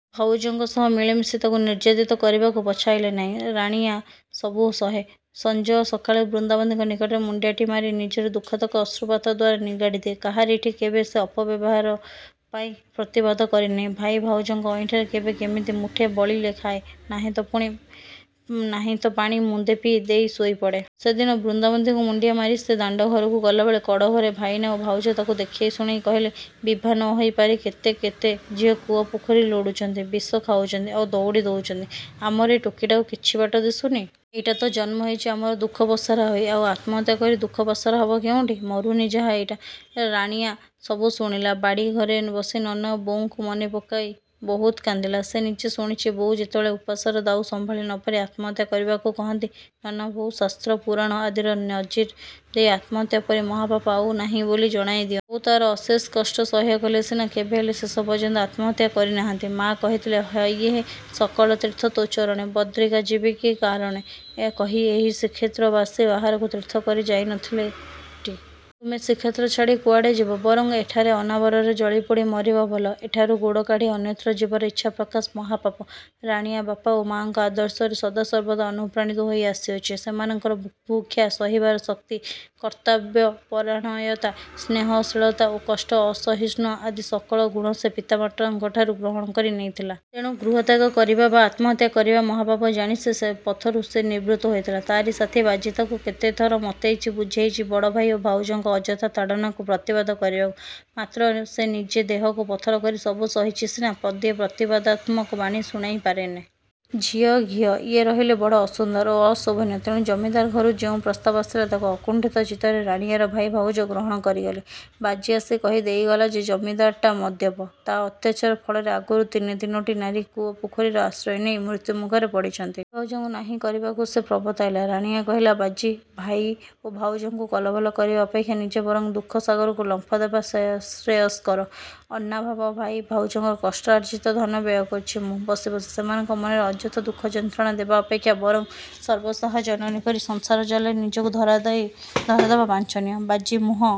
ଭାଉଜଙ୍କ ସହ ମିଳିମିଶି ତାକୁ ନିର୍ଯ୍ୟାତିତ କରିବାକୁ ପଛାଇଲେ ନାହିଁ। ରାଣୀଆ ସବୁ ସହେ। ସଞ୍ଜ ସକାଳେ ବୃନ୍ଦାବତୀଙ୍କ ନିକଟରେ ମୁଣ୍ଡିଆଟିଏ ମାରି ନିଜର ଦୁଃଖତକ ଅଶ୍ରୁପାତ ଦ୍ୱାରା ନିଗାଡ଼ି ଦିଏ। କାହାରିଠି କେବେ ସେ ଅପବ୍ୟବହାର ପାଇଁ ପ୍ରତିବାଦ କରିନାହିଁ। ଭାଇ ଭାଉଜଙ୍କ ଅଇଁଠାରେ କେବେ କେମିତି ମୁଠେ ବଳିଲେ ଖାଏ, ନାହିଁ ତ ପାଣି ମୁନ୍ଦେ ପିଇ ଦେଇ ଶୋଇପଡ଼େ। ସେଦିନ ବୃନ୍ଦାବତୀଙ୍କୁ ମୁଣ୍ଡିଆ ମାରି ସେ ଦାଣ୍ଡଘରକୁ ଗଲାବେଳେ କଡ଼ଘରେ ଭାଇନା ଓ ଭାଉଜ ତାକୁ ଦେଖେଇ ଶୁଣେଇ କହିଲେ—ବିଭା ନ ହୋଇ ପାରି କେତେ କେତେ ଝିଅ କୂଅ ପୋଖରୀ ଲୋଡ଼ୁଚନ୍ତି, ବିଷ ଖାଉଚନ୍ତି, ଆଉ ଦଉଡ଼ି ଦଉଚନ୍ତି। ଆମର ଏ ଟୋକିଟାକୁ କିଛି ବାଟ ଦିଶୁନି? ଏଇଟା ତ ଜନ୍ମ ହୋଇଚି ଆମର ଦୁଃଖ ପସରା ହୋଇ, ଆଉ ଆତ୍ମହତ୍ୟା କରି ଦୁଃଖ ପାଶୋରା ହବ କେଉଁଠି? ମରୁନି ଯାହା ଏଇଟା। ରାଣୀଆ ସବୁ ଶୁଣିଲା। ବାଡ଼ି ଘରେ ବସି ନନା ଓ ବୋଉଙ୍କୁ ମନେ ପକାଇ ବହୁତ କାନ୍ଦିଲା। ସେ ନିଜେ ଶୁଣିଚି, ବୋଉ ଯେତେବେଳେ ଉପାସର ଦାଉ ସମ୍ଭାଳି ନ ପାରି ଆତ୍ମହତ୍ୟା କରିବାକୁ କହନ୍ତି, ନନା ବହୁ ଶାସ୍ତ୍ର ପୁରାଣ ଆଦିର ନଜିର ଦେଇ ଆତ୍ମହତ୍ୟା ପରି ମହାପାପ ଆଉ ନାହିଁ ବୋଲି ଜଣାଇ ଦିଅନ୍ତି। ବୋଉ ତାର ଅଶେଷ କଷ୍ଟ ସହ୍ୟ କଲେ ସିନା; କେବେହେଲେ ଶେଷ ପର୍ଯ୍ୟନ୍ତ ଆତ୍ମହତ୍ୟା କରି ନାହାନ୍ତି। ମା' କହିଥିଲେ, ହଇହେ 'ସକଳ ତୀର୍ଥ ତୋ ଚରଣେ, ବଦ୍ରିକା ଯିବି କି କାରଣେ' କହି ଏହି ଶ୍ରୀକ୍ଷେତ୍ରବାସୀ ବାହାରକୁ ତୀର୍ଥ କରି ଯାଇ ନ ଥିଲେ ଟି? ତୁମେ ଶ୍ରୀକ୍ଷେତ୍ର ଛାଡ଼ି କୁଆଡ଼େ ଯିବ? ବରଂ ଏଠାରେ ଅନାବାରରେ ଜଳି ପୋଡ଼ି ମରିବା ଭଲ, ଏଠାରୁ ଗୋଡ଼ କାଢ଼ି ଅନ୍ୟତ୍ର ଯିବାର ଇଚ୍ଛା ପ୍ରକାଶ, ମହାପାପ। ରାଣୀଆ ବାପା ଓ ମାଙ୍କ ଆଦର୍ଶରେ ସଦାସର୍ବଦା ଅନୁପ୍ରାଣିତ ହୋଇ ଆସିଅଛି। ସେମାନଙ୍କର ବୁଭୁକ୍ଷା ସହିବାର ଶକ୍ତି, କର୍ତ୍ତବ୍ୟପରାୟଣତା, ସ୍ନେହଶୀଳତା, କଷ୍ଟ ସହିଷ୍ଣୁତା ଆଦି ସକଳ ଗୁଣ ସେ ପିତାମାତାଙ୍କଠୁ ଗ୍ରହଣ କରି ନେଇଥିଲା। ତେଣୁ ଗୃହତ୍ୟାଗ କରିବା ବା ଆତ୍ମହତ୍ୟା କରିବା ମହାପାପ ଜାଣି ସେ ପଥରୁ ସେ ନିବୃତ୍ତ ହୋଇଥିଲା। ତାରି ସାଥୀ ବାଜି ତାକୁ କେତେଥର ମତେଇଚି, ବୁଝେଇଚି, ବଡ଼ଭାଇ ଓ ଭାଉଜଙ୍କ ଅଯଥା ତାଡ଼ନାକୁ ପ୍ରତିବାଦ କରିବାକୁ-। ମାତ୍ର ସେ ନିଜେ ଦେହକୁ ପଥର କରି ସବୁ ସହିଚି ସିନା ପଦିଏ ପ୍ରତିବାଦାତ୍ମକ ବାଣୀ ଶୁଣାଇ ପାରେନି। ଝିଅ, ଘିଅ—ଇଏ ରହିଲେ ବଡ଼ ଅସୁନ୍ଦର ଓ ଅଶୋଭନୀୟ, ତେଣୁ ଜମିଦାର ଘରୁ ଯେଉଁ ପ୍ରସ୍ତାବ ଆସିଲା, ତାକୁ ଅକୁଣ୍ଠିତ ଚିତ୍ତରେ ରାଣୀଆର ଭାଇ ଭାଉଜ ଗ୍ରହଣ କରିଗଲେ। ବାଜି ଆସି କହି ଦେଇଗଲା ଯେ, ଜମିଦାରଟା ମଦ୍ୟପ। ତା ଅତ୍ୟାଚାର ଫଳରେ ଆଗରୁ ତିନି ତିନୋଟି ନାରୀ କୂଅ ପୋଖରୀର ଆଶ୍ରୟ ନେଇ ମୃତ୍ୟୁ ମୁଖରେ ପଡ଼ିଚନ୍ତି। ଭାଇ ଭାଉଜଙ୍କୁ ନାହିଁ କରିବାକୁ ସେ ପ୍ରବର୍ତ୍ତାଇଲା। ରାଣୀଆ କହିଲା—ବାଜି! ଭାଇ ଓ ଭାଉଜଙ୍କୁ କଲବଲ କରିବା ଅପେକ୍ଷା ନିଜେ ବରଂ ଦୁଃଖ ସାଗରକୁ ଲମ୍ପ ଦେବା ଶ୍ରେୟସ୍କର। ଅନ୍ନାଭାବ, ଭାଇ ଭାଉଜଙ୍କର କଷ୍ଟାର୍ଜିତ ଧନ ବ୍ୟୟ କରୁଛି ମୁଁ ବସି ବସି। ସେମାନଙ୍କ ମନରେ ଅଯଥ ଦୁଃଖ ଯନ୍ତ୍ରଣା ଦେବା ଅପେକ୍ଷା ବରଂ ସର୍ବସହା ଜନନୀ ପରି ସଂସାର ଜାଲରେ ନିଜକୁ ଧରାଦେବା ବାଞ୍ଛନୀୟ। ବାଜି ମୁହଁ